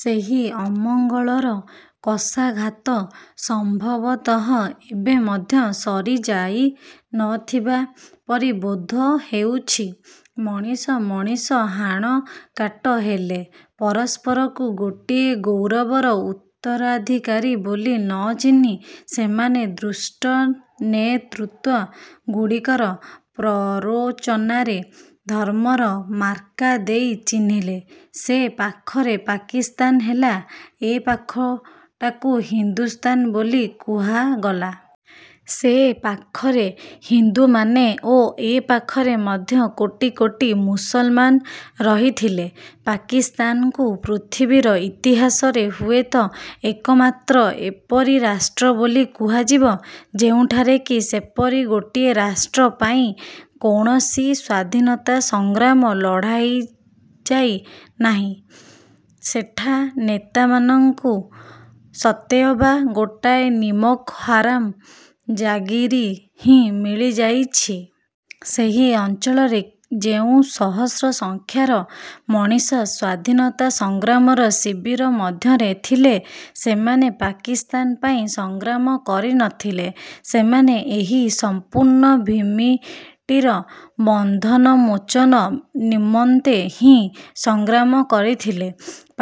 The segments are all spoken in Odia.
ସେହି ଅମଙ୍ଗଳର କଷାଘାତ ସମ୍ଭବତଃ ଏବେ ମଧ୍ୟ ସରି ଯାଇନଥିବା ପରି ବୋଧ ହେଉଛି। ମଣିଷ ମଣିଷ ହାଣକାଟ ହେଲେ। ପରସ୍ପରକୁ ଗୋଟିଏ ଗୌରବର ଉତ୍ତରାଧିକାରୀ ବୋଲି ନ ଚିହ୍ନି ସେମାନେ ଦୁଷ୍ଟ ନେତୃତ୍ଵ ଗୁଡ଼ିକର ପ୍ରରୋଚନାରେ ଧର୍ମର ମାର୍କା ଦେଇ ଚିହ୍ନିଲେ। ସେ ପାଖରେ ପାକିସ୍ତାନ ହେଲା, ଏ ପାଖଟାକୁ ହିନ୍ଦୁସ୍ତାନ ବୋଲି କୁହାଗଲା। ସେ ପାଖରେ ହିନ୍ଦୁମାନେ ଓ ଏପାଖରେ ମଧ୍ୟ କୋଟି କୋଟି ମୁସଲମାନ ରହିଥିଲେ। ପାକିସ୍ତାନକୁ ପୃଥିବୀର ଇତିହାସରେ ହୁଏତ ଏକମାତ୍ର ଏପରି ରାଷ୍ଟ୍ର ବୋଲି କୁହାଯିବ ଯେଉଁଠାରେ କି ସେପରି ଗୋଟିଏ ରାଷ୍ଟ୍ର ପାଇଁ କୌଣସି ସ୍ୱାଧୀନତା ସଂଗ୍ରାମ ଲଢ଼ାଯାଇ ନାହିଁ। ସେଠା ନେତାମାନଙ୍କୁ ସତେଅବା ଗୋଟାଏ ନିମକହାରାମ ଜାଗିରି ହିଁ ମିଳିଯାଇଛି। ସେହି ଅଞ୍ଚଳରେ ଯେଉଁ ସହସ୍ର ସଂଖ୍ୟାର ମଣିଷ ସ୍ଵାଧୀନତା ସଂଗ୍ରାମର ଶିବିର ମଧ୍ୟରେ ଥିଲେ ସେମାନେ ପାକିସ୍ତାନ ପାଇଁ ସଂଗ୍ରାମ କରିନଥିଲେ, ସେମାନେ ଏହି ସମ୍ପୂର୍ଣ୍ଣ ଭୂମିଟିର ବନ୍ଧନମୋଚନ ନିମନ୍ତେ ହିଁ ସଂଗ୍ରାମ କରିଥିଲେ।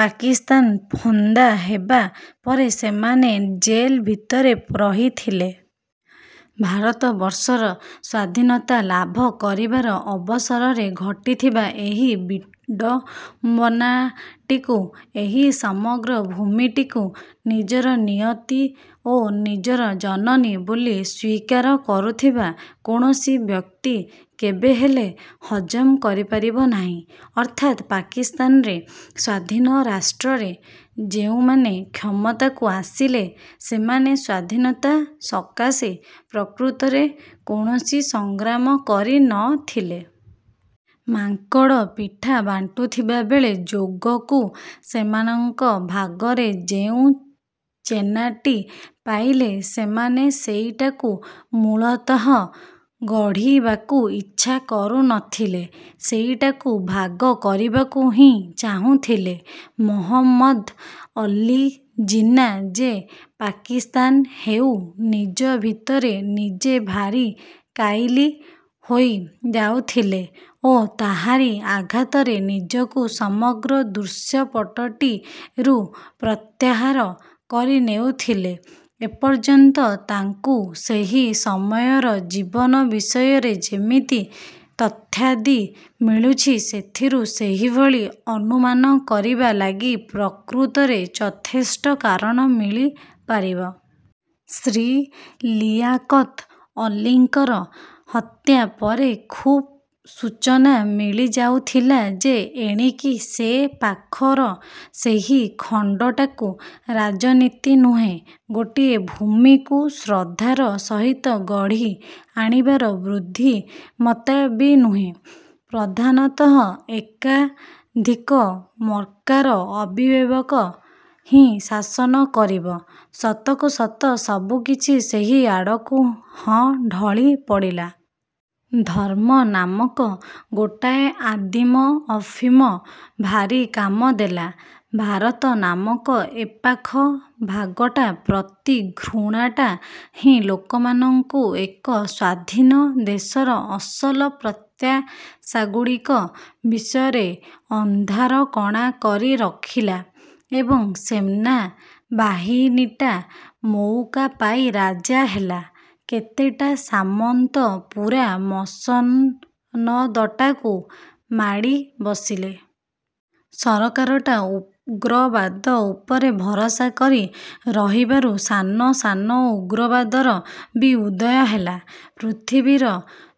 ପାକିସ୍ତାନ ଫନ୍ଦା ହେବା ପରେ ସେମାନେ ଜେଲ ଭିତରେ ରହିଲେ। ଭାରତବର୍ଷର ସ୍ଵାଧୀନତା ଲାଭ କରିବାର ଅବସରରେ ଘଟିଥିବା ଏହି ବିଡ଼ମ୍ବନାଟିକୁ ଏହି ସମଗ୍ର ଭୂମିଟିକୁ ନିଜର ନିୟତି ଓ ନିଜର ଜନନୀ ବୋଲି ସ୍ୱୀକାର କରୁଥିବା କୌଣସି ବ୍ୟକ୍ତି କେବେହେଲେ ହଜମ କରିପାରିବ ନାହିଁ। ଅର୍ଥାତ୍ ପାକିସ୍ତାନରେ ସ୍ଵାଧୀନ ରାଷ୍ଟ୍ରରେ ଯେଉଁମାନେ କ୍ଷମତାକୁ ଆସିଲେ, ସେମାନେ ସ୍ୱାଧୀନତା ସକାଶେ ପ୍ରକୃତରେ କୌଣସି ସଂଗ୍ରାମ କରିନଥିଲେ। ମାଙ୍କଡ଼ ପିଠା ବାଣ୍ଟୁଥିବା ବେଳେ ଯୋଗକୁ ସେମାନଙ୍କ ଭାଗରେ ଯେଉଁ ଚେନାଟି ପାଇଲେ ସେମାନେ ସେଇଟାକୁ ମୂଳତଃ ଗଢ଼ିବାକୁ ଇଚ୍ଛା କରୁନଥିଲେ, ସେଇଟାକୁ ଭାଗ କରିବାକୁ ହିଁ ଚାହୁଥିଲେ। ମହମ୍ମଦ ଅଲ୍ଲି ଜିନ୍ନା ଯେ ପାକିସ୍ତାନ ହେଉ ନିଜ ଭିତରେ ନିଜେ ଭାରି କାଇଲି ହୋଇ ଯାଉଥିଲେ ଓ ତାହାରି ଆଘାତରେ ନିଜକୁ ସମଗ୍ର ଦୃଶ୍ୟପଟଟିରୁ ପ୍ରତ୍ୟାହାର କରି ନେଉଥିଲେ, ଏପର୍ଯ୍ୟନ୍ତ ତାଙ୍କୁ ସେହି ସମୟର ଜୀବନ ବିଷୟରେ ଯେତିକି ତଥ୍ୟାଦି ମିଳୁଛି, ସେଥିରୁ ସେହିଭଳି ଅନୁମାନ କରିବା ଲାଗି ପ୍ରକୃତରେ ଯଥେଷ୍ଟ କାରଣ ମିଳିପାରିବ। ଶ୍ରୀ ଲିଆକତ୍ ଅଲ୍ଲୀଙ୍କର ହତ୍ୟା ପରେ ଖୁବ୍ ସୂଚନା ମିଳିଯାଉଥିଲା ଯେ ଏଣିକି ସେପାଖର ସେହି ଖଣ୍ଡଟାକୁ ରାଜନୀତି ନୁହେଁ, ଗୋଟିଏ ଭୂମିକୁ ଶ୍ରଦ୍ଧାର ସହିତ ଗଢ଼ି ଆଣିବାର ବୁଦ୍ଧିମତ୍ତା ବି ନୁହେଁ, ପ୍ରଧାନତଃ ଏକାଧିକ ମାର୍କାର ଅବିବେକ ହିଁ ଶାସନ କରିବ। ସତକୁ ସତ ସବୁ କିଛି ସେହି ଆଡ଼କୁ ହଁ ଢଳି ପଡ଼ିଲା। ଧର୍ମ ନାମକ ଗୋଟାଏ ଆଦିମ ଅଫିମ ଭାରି କାମ ଦେଲା। ଭାରତ ନାମକ ଏପାଖ ଭାଗଟା ପ୍ରତି ଘୃଣାଟା ହିଁ ଲୋକମାନଙ୍କୁ ଏକ ସ୍ୱାଧୀନ ଦେଶର ଅସଲ ପ୍ରତ୍ୟାଶାଗୁଡ଼ିକ ବିଷୟରେ ଅନ୍ଧାରକଣା କରି ରଖିଲା। ଏବଂ ସେନା ବାହିନୀଟା ମଉକା ପାଇ ରାଜା ହେଲା। କେତେଟା ସାମନ୍ତ ପୂରା ମସନଦଟାକୁ ମାଡ଼ି ବସିଲେ। ସରକାରଟା ଉଗ୍ରବାଦ ଉପରେ ଭରସା କରି ରହିବାରୁ ସାନ। ସାନ ଉଗ୍ରବାଦର ବି ଉଦୟ ହେଲା। ପୃଥିବୀର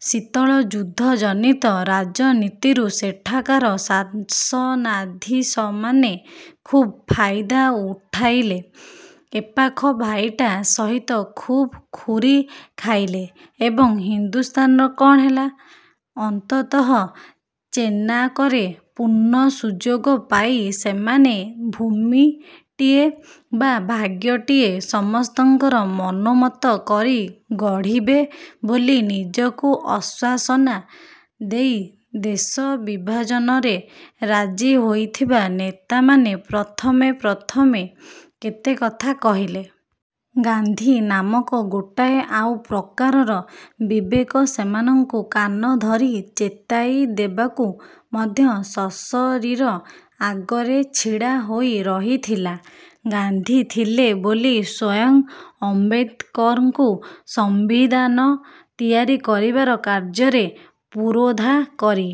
ଶୀତଳ ଯୁଦ୍ଧଜନିତ ରାଜନୀତିରୁ ସେଠାକାର ଶାସନାଧୀଶମାନେ ଖୁବ୍ ଫାଇଦା ଉଠାଇଲେ। ଏପାଖ ଭାଇଟା ସହିତ ଖୁବ ଖୁରି ଖାଇଲେ। ଏବଂ ହିନ୍ଦୁସ୍ତାନର କଣ ହେଲା? ଅନ୍ତତଃ ଚେନାକରେ ପୂର୍ଣ୍ଣ ସୁଯୋଗ ପାଇ ସେମାନେ ଭୁମିଟିଏ ବା ଭାଗ୍ୟଟିଏ ସମସ୍ତଙ୍କର ମନୋମତ କରି ଗଢ଼ିବେ ବୋଲି ନିଜକୁ ଆଶ୍ୱାସନା ଦେଇ ଦେଶ ବିଭାଜନରେ ରାଜି ହୋଇଥିବା ନେତାମାନେ ପ୍ରଥମେ ପ୍ରଥମେ କେତେ କଥା କହିଲେ। ଗାନ୍ଧୀ ନାମକ ଗୋଟାଏ ଆଉ ପ୍ରକାରର ବିବେକ ସେମାନଙ୍କୁ କାନ ଧରି ଚେତାଇ ଦେବାକୁ ମଧ୍ୟ ସଶରୀର ଆଗରେ ଛିଡ଼ା ହୋଇ ରହିଥିଲା। ଗାନ୍ଧୀ ଥିଲେ ବୋଲି ସ୍ୱୟଂ ଆମ୍ବେଦକରଙ୍କୁ ସମ୍ବିଧାନ ତିଆରି କରିବାର କାର୍ଯ୍ୟରେ ପୁରୋଧା କରି